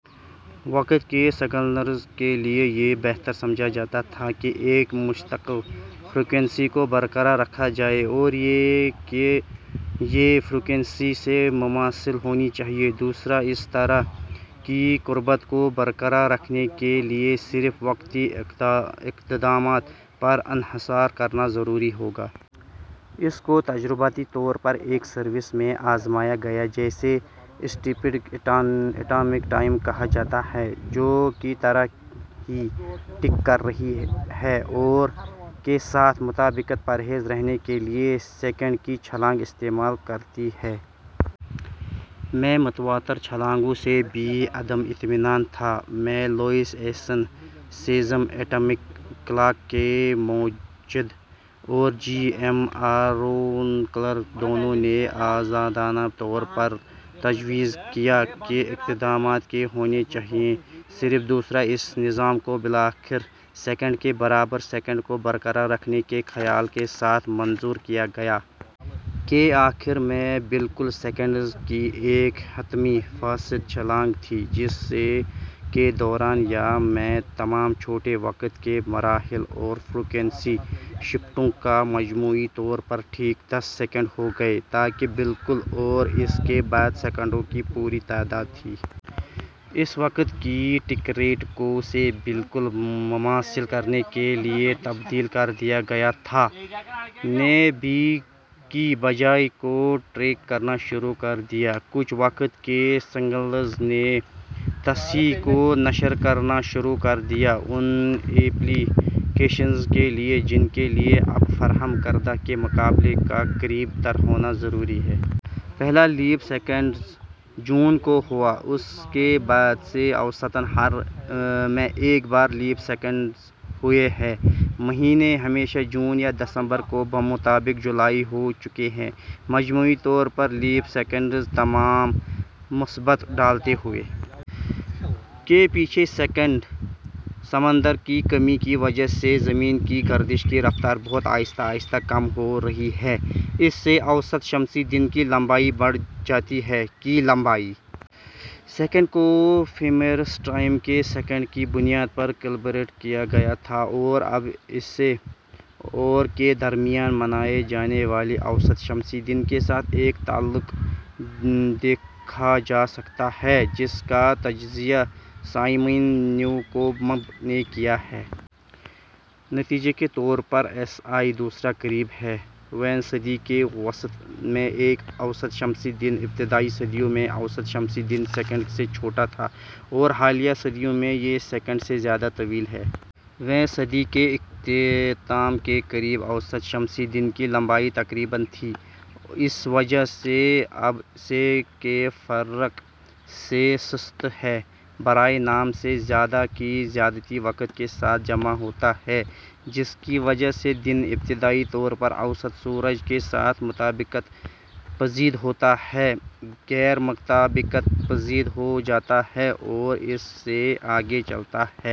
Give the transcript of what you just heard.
وقت کے سگنلز کے لیے یہ بہتر سمجھا جاتا تھا کہ ایک مستقل فریکوئنسی کو برقرار رکھا جائے اور یہ کہ یہ فریکوئنسی سے مماثل ہونی چاہیے۔ دوسرا اس طرح کی قربت کو برقرار رکھنے کے لیے صرف وقتی اقدامات پر انحصار کرنا ضروری ہوگا۔ اس کو تجرباتی طور پر ایک سروس میں آزمایا گیا جسے "اسٹیپڈ اٹامک ٹائم" کہا جاتا ہے، جو کی طرح ہی ٹک کرتی ہے اور کے ساتھ مطابقت پزیر رہنے کے لیے سیکنڈ کی چھلانگ استعمال کرتی ہے۔ ۔ میں متواتر چھلانگوں سے بھی عدم اطمینان تھا۔ میں، Louis Essen, caesium atomic clock کے موجد اور جی۔ ایم۔ آر ونکلر دونوں نے آزادانہ طور پر تجویز کیا کہ اقدامات کے ہونے چاہئیں صرف دوسرا اس نظام کو بالآخر سیکنڈ کے برابر سیکنڈ کو برقرار رکھنے کے خیال کے ساتھ منظور کیا گیا۔ کے آخر میں، بالکل. سیکنڈز کی ایک حتمی فاسد چھلانگ تھی، جس سے کے دوران یا میں تمام چھوٹے وقت کے مراحل اور فریکوئنسی شفٹوں کا مجموعی طور پر ٹھیک دس سیکنڈ ہو گئے، تاکہ بالکل، اور اس کے بعد سیکنڈوں کی پوری تعداد تھی۔ اسی وقت، کی ٹک ریٹ کو سے بالکل مماثل کرنے کے لیے تبدیل کر دیا گیا تھا۔ نے بھی کی بجائے کو ٹریک کرنا شروع کر دیا۔ کچھ وقت کے سگنلز نے تصحیح کو نشر کرنا شروع کر دیا ان ایپلی کیشنز کے لیے جن کے لیے اب فراہم کردہ کے مقابلے کا قریب تر ہونا ضروری ہے۔ پہلا لیپ سیکنڈ جون کو ہوا۔ اس کے بعد سے، اوسطاً ہر میں ایک بار لیپ سیکنڈز ہوئے ہیں۔ مہینے، ہمیشہ جون یا دسمبر کو۔ بمطابق جولائی ، ہو چکے ہیں۔ مجموعی طور پر لیپ سیکنڈز، تمام مثبت، ڈالتے ہوئے۔ کے پیچھے سیکنڈ۔ سمندر کی کمی کی وجہ سے زمین کی گردش کی رفتار بہت آہستہ آہستہ کم ہو رہی ہے۔ اس سے اوسط شمسی دن کی لمبائی بڑھ جاتی ہے۔ کی لمبائی سیکنڈ کو فیمیرس ٹائم کے سیکنڈ کی بنیاد پر کیلیبریٹ کیا گیا تھا اور اب اسے اور کے درمیان منائے جانے والے اوسط شمسی دن کے ساتھ ایک تعلق دیکھا جا سکتا ہے، جس کا تجزیہ سائمن نیوکومب نے کیا ہے۔ نتیجے کے طور پر، ایس آئی دوسرا قریب ہے / ویں صدی کے وسط میں ایک اوسط شمسی دن ابتدائی صدیوں میں، اوسط شمسی دن سیکنڈ سے چھوٹا تھا اور حالیہ صدیوں میں یہ سیکنڈ سے زیادہ طویل ہے۔ ویں صدی کے اختتام کے قریب، اوسط شمسی دن کی لمبائی تقریباً تھی۔ اس وجہ سے، اب سے کے فرق سے "سست" ہے۔ / برائے نام سے زیادہ کی زیادتی وقت کے ساتھ جمع ہوتا ہے، جس کی وجہ سے دن، ابتدائی طور پر اوسط سورج کے ساتھ مطابقت پزیر ہوتا ہے، غیر مطابقت پزیر ہو جاتا ہے اور اس سے آگے چلتا ہے۔